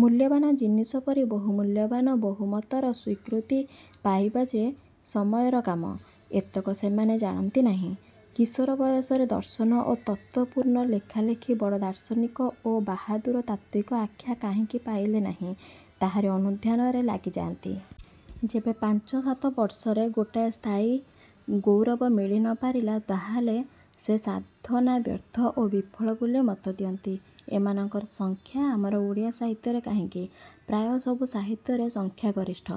ମୂଲ୍ୟବାନ ଜିନିଷ ପରି ବହୁମୂଲ୍ୟବାନ ବହୁମତର ସ୍ୱୀକୃତି ପାଇବା ଯେ ସମୟର କାମ, ଏତକ ସେମାନେ ଜାଣନ୍ତି ନାହିଁ। କିଶୋର ବୟସରେ ଦର୍ଶନ ଓ ତତ୍ତ୍ୱପୂର୍ଣ୍ଣ ଲେଖା ଲେଖି ବଡ଼ ଦାର୍ଶନିକ ଓ ବାହାଦୁର ତାତ୍ତ୍ୱିକ ଆଖ୍ୟା କାହିଁକି ପାଇଲେ ନାହିଁ, ତାହାରି ଅନୁଧ୍ୟାନରେ ଲାଗିଯାଆନ୍ତି। ଯେବେ ପାଞ୍ଚ ସାତ ବର୍ଷରେ ଗୋଟାଏ ସ୍ଥାୟୀ ଗୌରବ ମିଳି ନ ପାରିଲା, ତାହାହେଲେ ସେ ସାଧନା ବ୍ୟର୍ଥ ଓ ବିଫଳ ବୋଲି ମତ ଦିଅନ୍ତି। ଏମାନଙ୍କର ସଂଖ୍ୟା ଆମର ଓଡ଼ିଆ ସାହିତ୍ୟରେ କାହିଁକି, ପ୍ରାୟ ସବୁ ସାହିତ୍ୟରେ ସଂଖ୍ୟାଗରିଷ୍ଠ।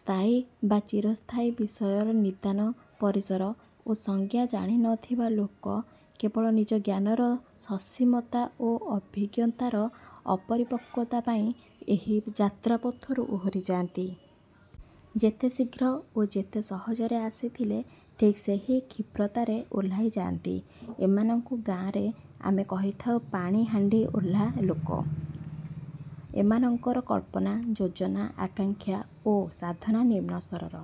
ସ୍ଥାୟୀ ବା ଚିରସ୍ଥାୟୀ ବିଷୟର ନିଦାନ, ପରିସର ଓ ସଂଜ୍ଞା ଜାଣି ନ ଥିବା ଲୋକ କେବଳ ନିଜ ଜ୍ଞାନର ସସୀମତା ଓ ଅଭିଜ୍ଞତାର ଅପରିପକ୍ୱତା ପାଇଁ ଏହି ଯାତ୍ରାପଥରୁ ଓହରି ଯାଆନ୍ତି। ଯେତେ ଶୀଘ୍ର ଓ ଯେତେ ସହଜରେ ଆସିଥିଲେ, ଠିକ୍ ସେହି କ୍ଷିପ୍ରତାରେ ଓହ୍ଲାଇ ଯାଆନ୍ତି। ଏମାନଙ୍କୁ ଗାଁରେ ଆମେ କହିଥାଉ ପାଣିହାଣ୍ଡି ଓହ୍ଲା ଲୋକ। ଏମାନଙ୍କର କଳ୍ପନା, ଯୋଜନା, ଆକାଙ୍କ୍ଷା ଓ ସାଧନା ନିମ୍ନ ସ୍ତରର।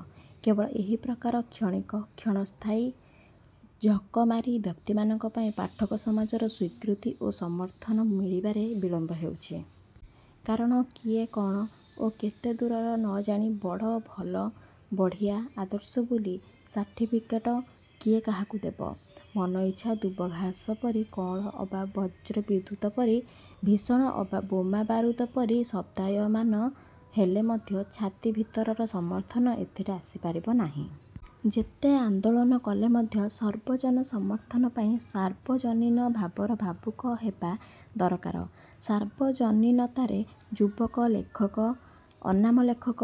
କେବଳ ଏହି ପ୍ରକାର କ୍ଷଣିକ, କ୍ଷଣସ୍ଥାୟୀ ଝକମାରୀ ବ୍ୟକ୍ତିମାନଙ୍କ ପାଇଁ ପାଠକ ସମାଜର ସ୍ୱୀକୃତି ଓ ସମର୍ଥନ ମିଳିବାରେ ବିଳମ୍ବ ହେଉଛି। କାରଣ କିଏ କଣ ଓ କେତେ ଦୂରର ନ ଜାଣି ବଡ଼, ଭଲ, ବଢ଼ିଆ, ଆଦର୍ଶ ବୋଲି ସାର୍ଟିଫିକେଟ କିଏ କାହାକୁ ଦେବ? ମନଇଚ୍ଛା ଦୁବଘାସ ପରି କଅଁଳ ଅବା ବଜ୍ର ବିଦ୍ୟୁତ ପରି ଭୀଷଣ ଅବା ବୋମା ବାରୁଦ ପରି ଶବ୍ଦାୟମାନ ହେଲେ ମଧ୍ୟ ଛାତି ଭିତରର ସମର୍ଥନ ଏଥିରେ ଆସିପାରିବ ନାହିଁ। ଯେତେ ଆନ୍ଦୋଳନ କଲେ ମଧ୍ୟ ସର୍ବଜନ ସମର୍ଥନ ପାଇଁ ସାର୍ବଜନୀନ ଭାବର ଭାବୁକ ହେବା ଦରକାର। ସାର୍ବଜନୀନତାରେ ଯୁବକ ଲେଖକ, ଅନାମ ଲେଖକ,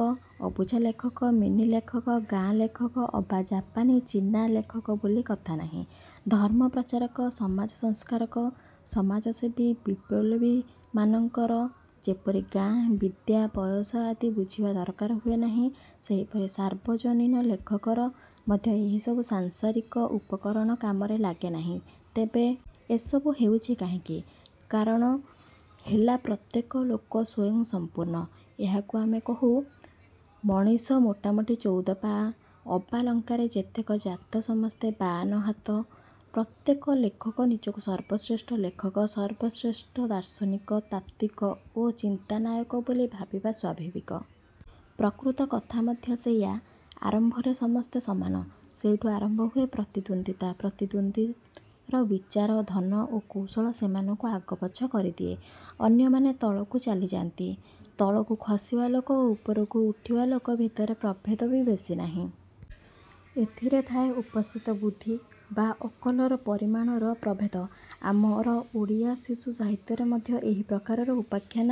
ଅବୁଝା ଲେଖକ, ମିନି ଲେଖକ, ଗାଁ ଲେଖକ ଅବା ଜାପାନୀ ଚୀନା ଲେଖକ ବୋଲି କଥା ନାହିଁ। ଧର୍ମପ୍ରଚାରକ, ସମାଜ ସଂସ୍କାରକ, ସମାଜସେବୀ, ବିପଲବୀମାନଙ୍କର ଯେପରି ଗାଁ, ବିଦ୍ୟା, ବୟସ ଆଦି ବୁଝିବା ଦରକାର ହୁଏ ନାହିଁ, ସେହିପରି ସାର୍ବଜନୀନ ଲେଖକର ମଧ୍ୟ ଏହି ସବୁ ସାଂସାରିକ ଉପକରଣ କାମରେ ଲାଗେ ନାହିଁ। ତେବେ ଏସବୁ ହେଉଛି କାହିଁକି? କାରଣ ହେଲା ପ୍ରତ୍ୟେକ ଲୋକ ସ୍ୱୟଂସମ୍ପୂର୍ଣ୍ଣ। ଏହାକୁ ଆମେ କହୁ, ମଣିଷ ମୋଟାମୋଟି ଚଉଦ ପାଆ, ଅବା ଲଙ୍କାରେ ଯେତେକ ଜାତ ସମସ୍ତେ ବାଆନ ହାତ। ପ୍ରତ୍ୟେକ ଲେଖକ ନିଜକୁ ସର୍ବଶ୍ରେଷ୍ଠ ଲେଖକ, ସର୍ବଶ୍ରେଷ୍ଠ ଦାର୍ଶନିକ, ତାତ୍ତ୍ୱିକ ଓ ଚିନ୍ତାନାୟକ ବୋଲି ଭାବିବା ସ୍ୱାଭାବିକ। ପ୍ରକୃତ କଥା ମଧ୍ୟ ସେଇଆ। ଆରମ୍ଭରେ ସମସ୍ତେ ସମାନ। ସେଇଠୁ ଆରମ୍ଭ ହୁଏ ପ୍ରତିଦ୍ୱନ୍ଦ୍ୱିତା। ପ୍ରତିଦ୍ୱନ୍ଦ୍ୱୀର ବିଚାର, ଧନ ଓ କୌଶଳ ସେମାନଙ୍କୁ ଆଗପଛ କରିଦିଏ। ଅନ୍ୟମାନେ ତଳକୁ ଚାଲିଯାନ୍ତି। ତଳକୁ ଖସିବା ଲୋକ ଓ ଉପରକୁ ଉଠିବା ଲୋକ ଭିତରେ ପ୍ରଭେଦ ବି ବେଶି ନାହିଁ। ଏଥିରେ ଥାଏ ଉପସ୍ଥିତ ବୁଦ୍ଧି ବା ଅକଲର ପରିମାଣର ପ୍ରଭେଦ। ଆମର ଓଡ଼ିଆ ଶିଶୁ ସାହିତ୍ୟରେ ମଧ୍ୟ ଏହି ପ୍ରକାରର ଉପାଖ୍ୟାନ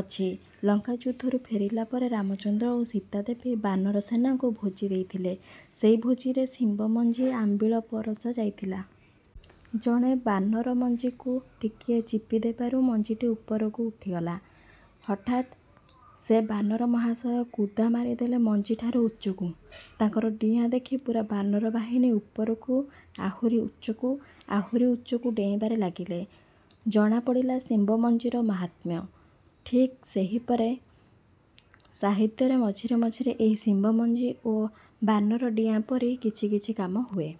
ଅଛି। ଲଙ୍କା ଯୁଦ୍ଧରୁ ଫେରିଲା ପରେ ରାମଚନ୍ଦ୍ର ଓ ସୀତାଦେବୀ ବାନର ସେନାଙ୍କୁ ଭୋଜି ଦେଇଥିଲେ। ସେଇ ଭୋଜିରେ ଶିମ୍ବମଞ୍ଜି ଆମ୍ବିଳ ପରଶା ଯାଇଥିଲା। ଜଣେ ବାନର ମଞ୍ଜିକୁ ଟିକିଏ ଚିପିଦେବାରୁ ମଞ୍ଜିଟି ଉପରକୁ ଉଠିଗଲା। ହଠାତ୍ ସେ ବାନର ମହାଶୟ କୁଦା ମାରିଦେଲେ ମଞ୍ଜିଠାରୁ ଉଚ୍ଚକୁ। ତାଙ୍କର ଡିଆଁ ଦେଖି ପୂରା ବାନର ବାହିନୀ ଉପରକୁ, ଆହୁରି ଉଚ୍ଚକୁ, ଆହୁରି ଉଚ୍ଚକୁ ଡେଇଁବାରେ ଲାଗିଲେ। ଜଣାପଡ଼ିଲା ଶିମ୍ବମଞ୍ଜିର ମାହାତ୍ମ୍ୟ। ଠିକ୍ ସେହିପରେ ସାହିତ୍ୟରେ ମଝିରେ ମଝିରେ ଏହି ଶିମ୍ବମଞ୍ଜି ଓ ବାନର ଡିଆଁ ପରି କିଛି କିଛି କାମ ହୁଏ।